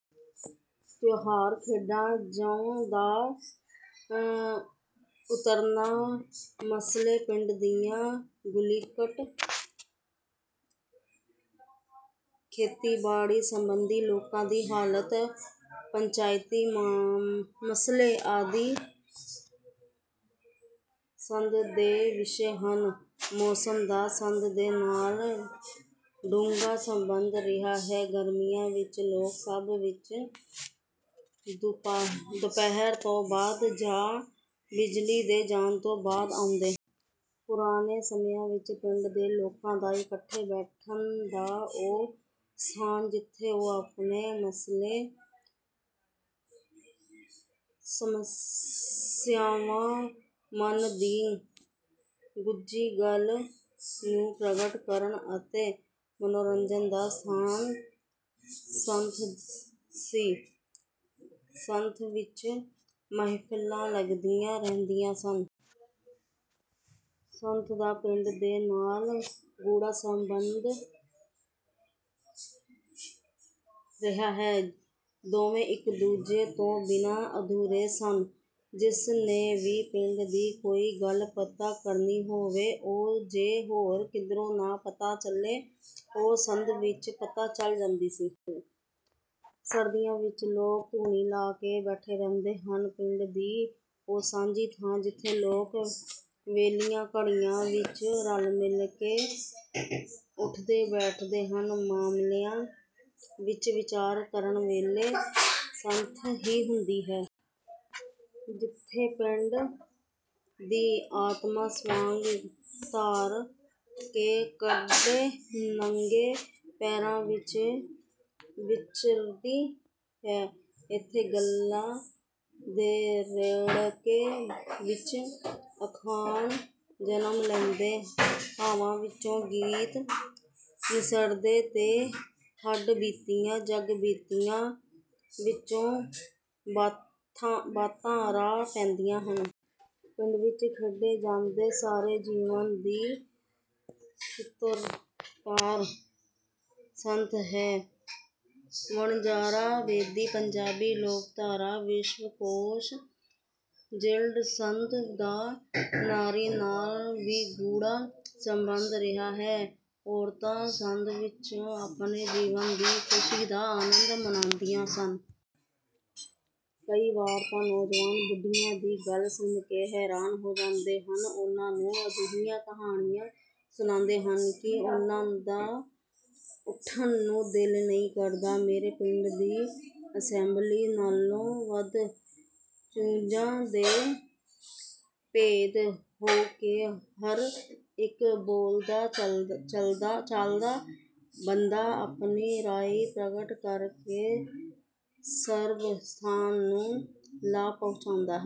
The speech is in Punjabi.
ਤਿਉਹਾਰ ਖੇਡਾਂ ਜੰਞ ਦਾ ਉਤਰਨਾ ਮਸਲੇ ਪਿੰਡ ਦੀਆਂ ਗੁੱਲੀਘਟ ਖੇਤੀਬਾੜੀ ਸੰਬੰਧੀ ਲੋਕਾਂ ਦੀ ਹਾਲਤ ਪੰਚਾਇਤੀ ਮਸਲੇ ਆਦਿ ਸੱਥ ਦੇ ਵਿਸ਼ੇ ਹਨ। ਮੌਸਮ ਦਾ ਸੱਥ ਦੇ ਨਾਲ ਡੂੰਘਾ ਸੰਬੰਧ ਰਿਹਾ ਹੈ। ਗਰਮੀਆਂ ਵਿੱਚ ਲੋਕ ਸੱਥ ਵਿੱਚ ਦੁਪਾਹਿਰ ਤੋਂ ਬਾਅਦ ਜਾਂ ਬਿਜਲੀ ਦੇ ਜਾਣ ਤੋਂ ਬਾਅਦ ਆਉਂਦੇ ਹਨ। ਪੁਰਾਣੇ ਸਮਿਆਂ ਵਿੱਚ ਪਿੰਡ ਦੇ ਲੋਕਾਂ ਦਾ ਇੱਕਠੇ ਬੈਠਣ ਦਾ ਉਹ ਸਥਾਨ ਜਿੱਥੇ ਉਹ ਆਪਣੇ ਮਸਲੇ ਸਮੱਸਿਆਵਾਂ ਮਨ ਦੀ ਗੁੱਝੀ ਗੱਲ ਨੂੰ ਪ੍ਰਗਟ ਕਰਨ ਅਤੇ ਮਨੋਰੰਜਨ ਦਾ ਸਥਾਨ ਸੱਥ ਸੀ। ਸੱਥ ਵਿੱਚ ਮਹਿਫਲਾਂ ਲੱਗੀਆਂ ਰਹਿੰਦੀਆਂ ਸਨ। ਸੱਥ ਦਾ ਪਿੰਡ ਦੇ ਨਾਲ ਗੂੜ੍ਹਾ ਸੰਬੰਧ ਰਿਹਾ ਹੈ। ਦੋਵੇਂ ਇੱਕ ਦੂਜੇ ਤੋਂ ਬਿਨ੍ਹਾਂ ਅਧੂਰੇ ਸਨ। ਜਿਸ ਨੇ ਵੀ ਪਿੰਡ ਦੀ ਕੋਈ ਗੱਲ ਪਤਾ ਕਰਨੀ ਹੋਵੇ ਉਹ ਜੇ ਹੋਰ ਕਿਧਰੋਂ ਨਾ ਪਤਾ ਚਲੇ ਉਹ ਸੱਥ ਵਿੱਚ ਪਤਾ ਚਲ ਜਾਂਦੀ ਸੀ। ਸਰਦੀਆਂ ਵਿੱਚ ਲੋਕ ਧੂਣੀ ਲਾ ਕੇ ਬੈਠੇ ਰਹਿੰਦੇ ਹਨ। ਪਿੰਡ ਦੀ ਉਹ ਸਾਂਝੀ ਥਾਂ ਜਿੱਥੇ ਲੋਕ ਵਿਹਲੀਆਂ ਘੜੀਆਂ ਵਿੱਚ ਰਲ ਮਿਲ ਕੇ ਉਠਦੇ ਬੈਠਦੇ ਹਨ। ਮਾਮਲਿਆਂ ਵਿੱਚ ਵਿਚਾਰ ਕਰਨ ਵੇਲੇ ਸੱਥ ਹੀ ਹੁੰਦੀ ਹੈ। ਜਿੱਥੇ ਪਿੰਡ ਦੀ ਆਤਮਾ ਸਵਾਂਗ ਧਾਰ ਕੇ ਕਦੇ ਨੰਗੇ ਪੈਰਾਂ ਵਿੱਚ ਵਿਚਰਦੀ ਹੈ। ਇੱਥੇ ਗੱਲਾਂ ਦੇ ਰੇੜਕੇ ਵਿੱਚ ਅਖਾਣ ਜਨਮ ਲੈਂਦੇ ਭਾਵਾਂ ਵਿੱਚੋਂ ਗੀਤ ਨਿਸਰਦੇ ਤੇ ਹੱਡ ਬੀਤੀਆਂ ਜੱਗ ਬੀਤੀਆਂ ਵਿੱਚੋਂ ਬਾਤਾਂ ਰਾਹ ਪੈਂਦੀਆਂ ਹਨ। ਪਿੰਡ ਵਿੱਚ ਖੇਡੇ ਜਾਂਦੇ ਸਾਰੇ ਜੀਵਨ ਦੀ ਸੂਤਰਧਾਰ ਸੱਥ ਹੈ। ਵਣਜਾਰਾ ਬੇਦੀ ਪੰਜਾਬੀ ਲੋਕਧਾਰਾ ਵਿਸ਼ਵ ਕੋਸ਼ ਜਿਲਦ ਸੱਥ ਦਾ ਨਾਰੀ ਨਾਲ ਵੀ ਗੂੜ੍ਹਾ ਸੰਬੰਧ ਰਿਹਾ ਹੈ। ਔਰਤਾਂ ਸੱਥ ਵਿੱਚੋਂ ਆਪਣੇ ਜੀਵਨ ਦੀ ਖੁਸ਼ੀ ਦਾ ਆਨੰਦ ਮਾਣਦੀਆਂ ਹਨ। ਕਈ ਵਾਰ ਤਾਂ ਨੌਜਵਾਨ ਬੁੱਢਿਆਂ ਦੀ ਗੱਲ ਸੁਣ ਕੇ ਹੈਰਾਨ ਹੋ ਜਾਂਦੇ ਹਨ ਉਨ੍ਹਾਂ ਨੂੰ ਅਜਿਹੀਆਂ ਕਹਾਣੀਆਂ ਸੁਣਾਉਂਦੇ ਹਨ ਕਿ ਉਨ੍ਹਾਂ ਦਾ ਉਠਣ ਨੂੰ ਦਿਲ ਨਹੀਂ ਕਰਦਾ। ਮੇਰੇ ਪਿੰਡ ਦੀ ਅਸੈਂਬਲੀ ਨਾਲੋਂ ਵੱਧ ਚੁੰਝਾ ਦੇ ਭੇਦ ਹੋ ਕੇ ਹਰ ਇੱਕ ਬੋਲਦਾ ਚਾਲਦਾ ਬੰਦਾ ਆਪਣੀ ਰਾਇ ਪ੍ਰਗਟ ਕਰਕੇ ਸਰਬ ਸਧਾਰਨ ਨੂੰ ਲਾਭ ਪਹੁੰਚਾਉਂਦਾ ਹੈ।